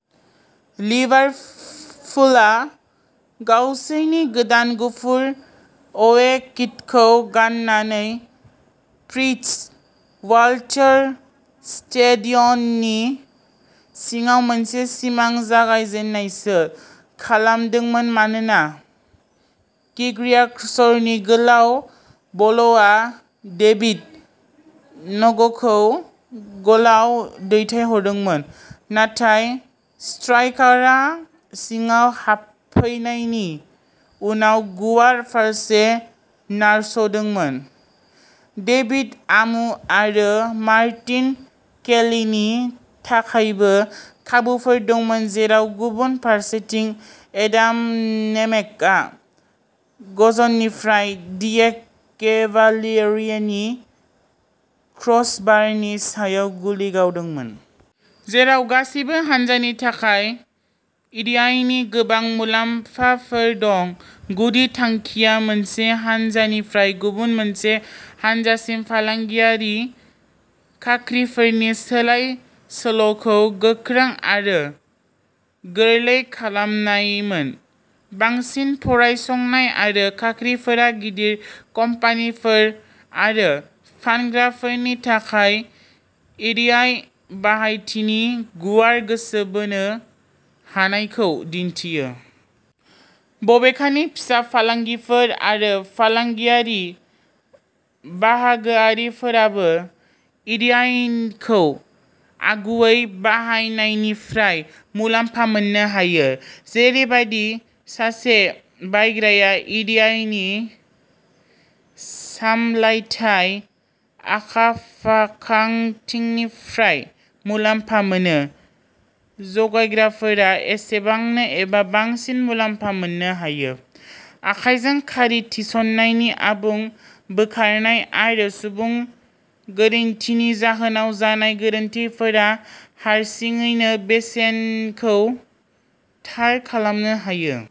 लिभारपुलआ, गावसोरनि गोदान गुफुर अवे किटखौ गाननानै, फ्रिट्ज वाल्टार स्टेडिय'ननि सिङाव मोनसे सिमां जागायजेन्नायसो खालामदोंमोन मानोना किर्गियाक'सनि गोलाव बलआ डेभिड नग'गखौ गलआव दैथायहरदोंमोन, नाथाय स्ट्राइकारआ सिङाव हाबफैनायनि उनाव गुवार फारसे नारस'दोंमोन। डेभिड आमू आरो मार्टिन केलीनि थाखायबो खाबुफोर दंमोन, जेराव गुबुन फारसेथिं एडाम नेमेकआ गजनिफ्राय डियेग'केभालियेरीनि क्रसबारनि सायाव गुलि गावदोंमोन। जेराव गासैबो हान्जानि थाखाय इडिआइनि गोबां मुलाम्फाफोर दं, गुदि थांखिया मोनसे हानजानिफ्राय गुबुन मोनसे हान्जासिम फालांगियारि खाख्रिफोरनि सोलाय-सोल'खौ गोख्रों आरो गोरलै खालामनायमोन। बांसिन फरायसंनाय आरो खाख्रिफोरा गिदिर कम्पानिफोर आरो फानग्राफोरनि थाखाय इडिआइ बाहायथिनि गुवार गोसो बोनो हानायखौ दिन्थियो। बबेखानि, फिसा फालांगिफोर आरो फालांगियारि बाहागोआरिफोराबो इडिआइखौ आगुयै बाहायनायनिफ्राय मुलाम्फा मोननो हायो। जेरैबादि सासे बायग्राया इडिआइनि सामलायथाय आखाफाखांथिनिफ्राय मुलाम्फा मोनो, जगायग्राफोरा एसेबांनो एबा बांसिन मुलामफा मोननो हायो। आखाइजों खारि थिसननायनि आबुं बोखारनाय आरो सुबुं गोरोन्थिनि जाहोनाव जानाय गोरोन्थिफोरा हारसिङैनो बेसेनखौ थार खालामनो हायो।